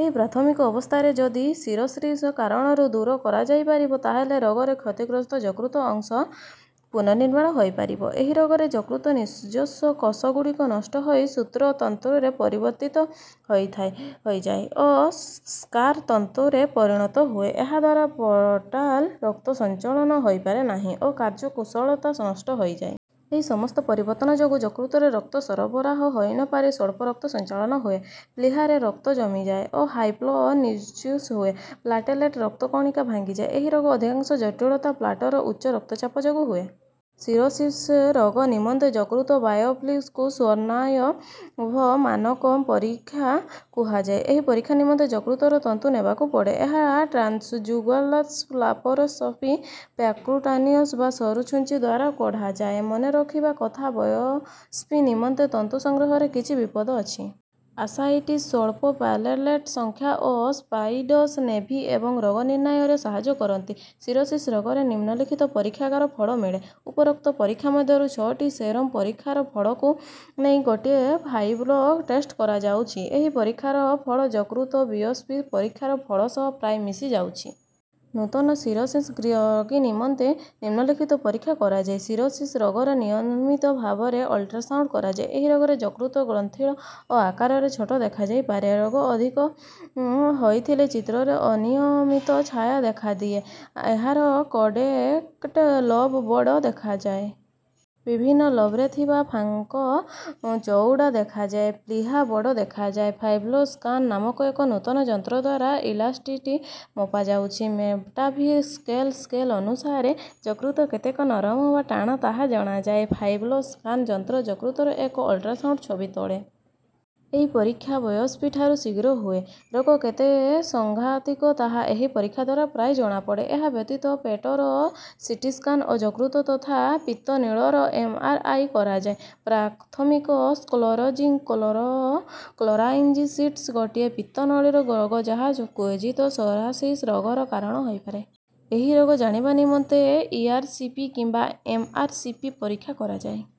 ଏହି ପ୍ରାଥମିକ ଅବସ୍ଥାରେ ଯଦି ସିରୋସିସ୍ର କାରଣକୁ ଦୂର କରାଯାଇପାରିବ ତାହାହେଲେ ରୋଗରେ କ୍ଷତିଗ୍ରସ୍ତ ଯକୃତ ଅଂଶ ପୁନଃନିର୍ମାଣ ହୋଇପାରିବ। ଏହି ରୋଗରେ ଯକୃତର ନିଜସ୍ୱ କୋଷ ଗୁଡିକ ନଷ୍ଟ ହୋଇ ସୂତ୍ର ତନ୍ତୁରେ ପରିବର୍ତ୍ତିତ ହୋଇଥାଏ ହୋଇଯାଏ ଓ ସ୍କାର ତନ୍ତୁରେ ପରିଣତ ହୁଏ। ଏହାଦ୍ୱାରା ପୋର୍ଟାଲ୍ ରକ୍ତ ସଞ୍ଚାଳନ ହୋଇପାରେ ନାହିଁ ଓ କାର୍ଯ୍ୟ କୁଶଳତା ନଷ୍ଟ ହୋଇଯାଏ। ଏହି ସମସ୍ତ ପରିବର୍ତ୍ତନ ଯୋଗୁ ଯକୃତରେ ରକ୍ତ ସରବରାହ ହୋଇ ନ ପାରି ସ୍ୱଳ୍ପ ରକ୍ତ ସଞ୍ଚାଳନ ହୁଏ। ପ୍ଲିହାରେ ରକ୍ତ ଜମିଯାଏ ଓ ହାଇପର୍ସ୍ପ୍ଲେନିଜ୍ମ୍ ହୁଏ। ପ୍ଲାଟେଲେଟ ରକ୍ତ କଣିକା ଭାଙ୍ଗିଯାଏ। ଏହି ରୋଗର ଅଧିକାଂଶ ଜଟିଳତା ପୋର୍ଟାଲ ଉଚ୍ଚ ରକ୍ତ ଚାପ ଯୋଗୁ ହୁଏ। ସିରୋସିସ୍ ରୋଗ ନିମନ୍ତେ ଯକୃତ ବାୟୋପ୍ସିକୁ ସ୍ୱର୍ଣ୍ଣାଭ ମାନକ ପରିକ୍ଷା କୁହାଯାଏ। ଏହି ପରିକ୍ଷା ନିମନ୍ତେ ଯକୃତର ତନ୍ତୁ ନେବାକୁ ପଡେ। ଏହା ଟ୍ରାନ୍ସଜୁଗୁଲାର୍ଲାପାରୋସ୍କୋପି ପର୍କ୍ୟୁଟାନିଅସ୍ ବା ସରୁ ଛୁଞ୍ଚି ଦ୍ୱାର କଢାଯାଏ। ମନେ ରଖିବା କଥା ବାୟୋପ୍ସି ନିମନ୍ତେ ତନ୍ତୁ ସଂଗ୍ରହରେ କିଛି ବିପଦ ଅଛି। ଆସାଇଟିସ୍ ସ୍ୱଳ୍ପ ପ୍ଲାଲେଲେଟ ସଂଖ୍ୟା ଓ ସ୍ପାଇଡର ନେଭି ଏବଂ ରୋଗ ନିର୍ଣ୍ଣୟରେ ସାହାଯ୍ୟ କରନ୍ତି। ସିରୋସିସ୍ ରୋଗରେ ନିମ୍ନଲିଖିତ ପରୀକ୍ଷାଗାର ଫଳ ମିଳେ। ଉପରୋକ୍ତ ପରୀକ୍ଷା ମଧ୍ୟରୁ ଛଅଟି ସେରମ୍ ପରୀକ୍ଷାର ଫଳକୁ ନେଇ ଗୋଟିଏ ଫାଇବ୍ରୋ ଟେଷ୍ଟ କରାଯାଉଛି। ଏହି ପରୀକ୍ଷାର ଫଳ ଯକୃତ ବିଓପ୍ସି ପରୀକ୍ଷାର ଫଳ ସହ ପ୍ରାୟ ମିଶି ଯାଉଛି। ନୂତନ ସିରୋସିସ୍ ରୋଗୀ ନିମନ୍ତେ ନିମ୍ନ ଲିଖିତ ପରୀକ୍ଷା କରାଯାଏ। ସିରୋସିସ୍ ରୋଗରେ ନିୟମିତ ଭାବେ ଅଲ୍ଟ୍ରାସାଉଣ୍ଡ କରାଯାଏ। ଏହି ରୋଗରେ ଯକୃତ ଗ୍ରନ୍ଥିଳ ଓ ଆକାରରେ ଛୋଟ ଦେଖାଯାଇ ପାରେ। ରୋଗ ଅଧିକ ହୋଇଥିଲେ ଚିତ୍ରରେ ଅନିୟମିତ ଛାୟା ଦେଖାଦିଏ। ଏହାର କଡେଟ ଲୋବ୍ ବଡ ଦେଖାଯାଏ। ବିଭିନ୍ନ ଲୋବ୍ରେ ଥିବା ଫାଙ୍କ ଚଊଡା ଦେଖାଯାଏ। ପ୍ଲିହା ବଡ ଦେଖାଯାଏ। ଫାଇବ୍ରୋ ସ୍କାନ ନାମକ ଏକ ନୂଆ ଯନ୍ତ୍ରଦ୍ୱାରା ଇଲାସ୍ଟିସିଟି ମପାଯାଉଛି। ମେଟାଭିର ସ୍କେଲ ସ୍କେଲ୍ ଅନୁସାରେ ଯକୃତ କେତେକ ନରମ ବା ଟାଣ ତାହା ଜଣାଯାଏ। ଫାଇବ୍ରୋ ସ୍କାନ ଯନ୍ତ୍ର ଯକୃତର ଏକ ଅଲ୍ଟ୍ରାସାଉଣ୍ଡ ଛବି ତୋଳେ। ଏହି ପରିକ୍ଷା ବାୟୋପ୍ସି ଠାରୁ ଶୀଘ୍ର ହୁଏ। ରୋଗ କେତେ ସଂଘାତିକ ତାହା ଏହି ପରୀକ୍ଷାଦ୍ୱାରା ପ୍ରାୟ ଜଣାପଡେ। ଏହା ବ୍ୟତିତ ପେଟର ସି. ଟି. ସ୍କାନ୍ ଓ ଯକୃତ ତଥା ପିତ୍ତ ନିଳୀର ଏମ୍. ଆର୍. ଆଇ. କରାଯାଏ। ପ୍ରାଥମିକ ସ୍କ୍ଲେରୋଜିଙ୍ଗ କ୍ଲୋର କୋଲାଞ୍ଜାଇଟିସ୍ ଗୋଟିଏ ପିତ୍ତ ନଳୀ ରୋଗ ଯାହା କ୍ୱଚିତ ସୋରୋସିସ୍ ରୋଗର କାରଣ ହୋଇପାରେ। ଏହି ରୋଗ ଜାଣିବା ନିମନ୍ତେ ଇ. ଆର୍. ସି. ପି. କିମ୍ବା ଏମ୍. ଆର୍. ସି. ପି. ପରୀକ୍ଷା କରାଯାଏ